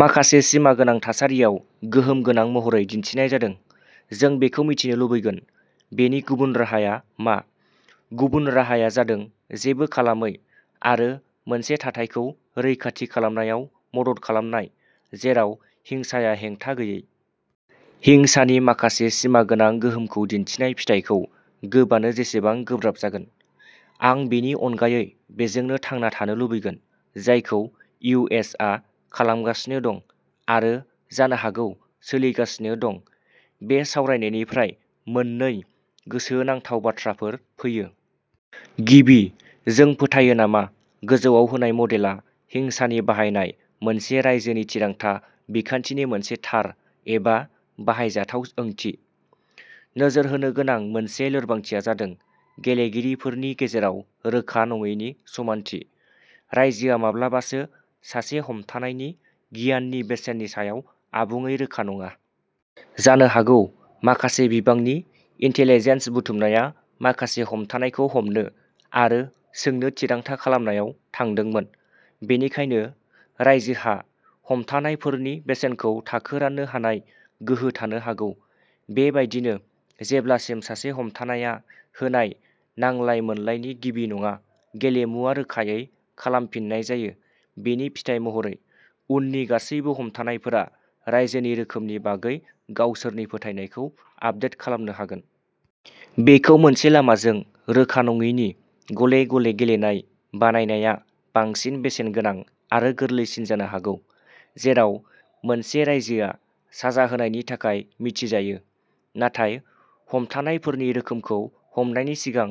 माखासे सिमा गोनां थासारियाव गोहोम गोनां महरै दिन्थिनाय जादों, जों बेखौ मिथिनो लुबैगोन। बेनि गुबुन राहाया मा? गुबुन राहाया जादों जेबो खालामै आरो मोनसे थाथायखौ रैखा खालामनायाव मदद खालामनाय जेराव हिंसाया हेंथा गैयै। हिंसानि माखासे सिमा गोनां गोहोमखौ दिन्थिनाय फिथायखौ गोबानो जेसेबां गोब्राब जागोन, आं बेनि अनगायै बेजोंनो थांना थानो लुबैगोन, जायखौ इउ. एस. आ खालामगासिनो दं-आरो जानो हागौ सोलिगासिनो दं। बे सावरायनायनिफ्राय मोननै गोसोनांथाव बाथ्राफोर फैयो। गिबि, जों फोथायो नामा गोजौआव होनाय मडेलआ हिंसानि बाहायनाय मोनसे रायजोनि थिरांथा बिखान्थिनि मोनसे थार एबा बाहायजाथाव ओंथि? नोजोर होनो गोनां मोनसे लोरबांथिया जादों गेलेगिरिफोरनि गेजेराव रोखा नङैनि समानथि। रायजोआ माब्लाबासो सासे हमथानायनि गियाननि बेसेननि सायाव आबुङै रोखा नङा। जानो हागौ माखासे बिबांनि इन्टेलिजेन्स बुथुमनाया सासे हमथानायखौ हमनो आरो सोंनो थिरांथा खालामनायाव थांदोंमोन, बेनिखायनो, रायजोहा हमथानायफोरनि बेसेनखौ थाखो राननो हानाय गोहो थानो हागौ। बेबायदिनो, जेब्लासिम सासे हमथानायआ होनाय नांलाय-मोनलायनि गिबि नङा, गेलेमुआ रोखायै खालामफिननाय जायो; बेनि फिथाय महरै, उननि गासैबो हमथानायफोरा रायजोनि रोखोमनि बागै गावसोरनि फोथायनायखौ आपदेट खालामनो हागोन। बेखौ मोनसे-लामाजों रोखा नङैनि गले-गले गेलेनाय बानायनाया बांसिन बेसेनगोनां आरो गोरलैसिन जानो हागौ, जेराव मोनसे रायजोआ साजा होनायनि थाखाय मिथिजायो, नाथाय हमथानायफोरनि रोखोमखौ हमनायनि सिगां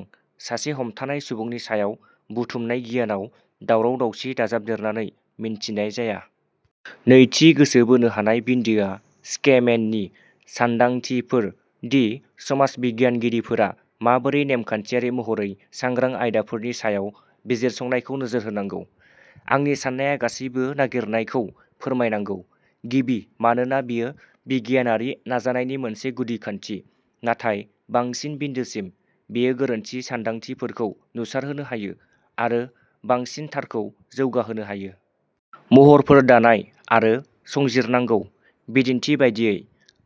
सासे हमथानाय सुबुंनि सायाव बुथुमनाय गियानाव दावराव-दावसि दाजाबदेरनानै मिन्थिनाय जाया। नैथि गोसो बोनो हानाय बिन्दोआ स्किमेननि सानदांथिफोर दि समाज बिगियानगिरिफोरा माबोरै नेमखान्थियारि महरै सांग्रां आयदाफोरनि सायाव बिजिरसंनायखौ नोजोर होनांगौ। आंनि साननाया गासैबो नागिरनायखौ फोरमायनांगौ; गिबि मानोना बेयो बिगियानारि नाजानायनि मोनसे गुदि खान्थि, नाथाय बांसिन बिन्दोसिम, बेयो गोरोन्थि सान्दांथिफोरखौ नुसारहोनो हायो आरो बांसिन थारखौ जौगाहोनो हायो। महरफोर दानाय आरो संजिरनांगौ। बिदिन्थि बायदियै,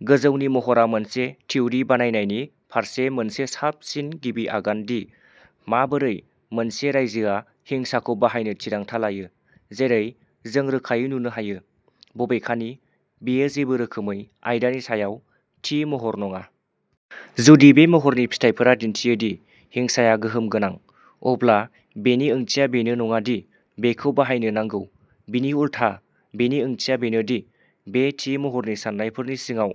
गोजौनि महरआ मोनसे थिउरि बानायनायनि फारसे मोनसे साबसिन गिबि आगान दि माबोरै मोनसे रायजोआ हिंसाखौ बाहायनो थिरांथा लायो। जेरै जों रोखायै नुनो हायो, बबेखानि, बेयो जेबो रोखोमै आयदानि सायाव थि महर नङा। जुदि बे महरनि फिथायफोरा दिन्थियो दि हिंसाया गोहोम गोनां, अब्ला बेनि ओंथिया बेनो नङा दि बेखौ बाहायनो नांगौ। बिनि उलथा, बेनि ओंथिया बेनो दि बे थि महरनि सान्नायफोरनि सिङाव,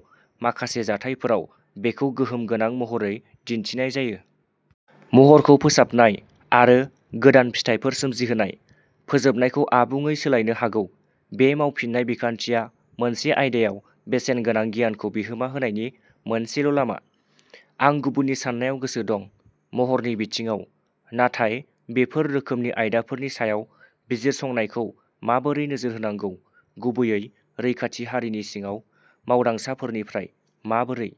माखासे जाथायफोराव, बेखौ गोहोम गोनां महरै दिन्थिनाय जायो। महरखौ फोसाबनाय, आरो गोदान फिथायफोर सोमजिहोनाय, फोजोबनायखौ आबुङै सोलायनो हागौ। बे मावफिननाय बिखान्थिया मोनसे आयदायाव बेसेनगोनां गियानखौ बिहोमा होनायनि मोनसेल'लामा। आं गुबुननि साननायाव गोसो दं, महरनि बिथिङाव, नाथाय बेफोर रोखोमनि आयदाफोरनि सायाव बिजिरसंनायखौ माबोरै नोजोर होनांगौ। गुबैयै रैखाथि हारिनि सिङाव मावदांसाफोरनिफ्राय। माबोरै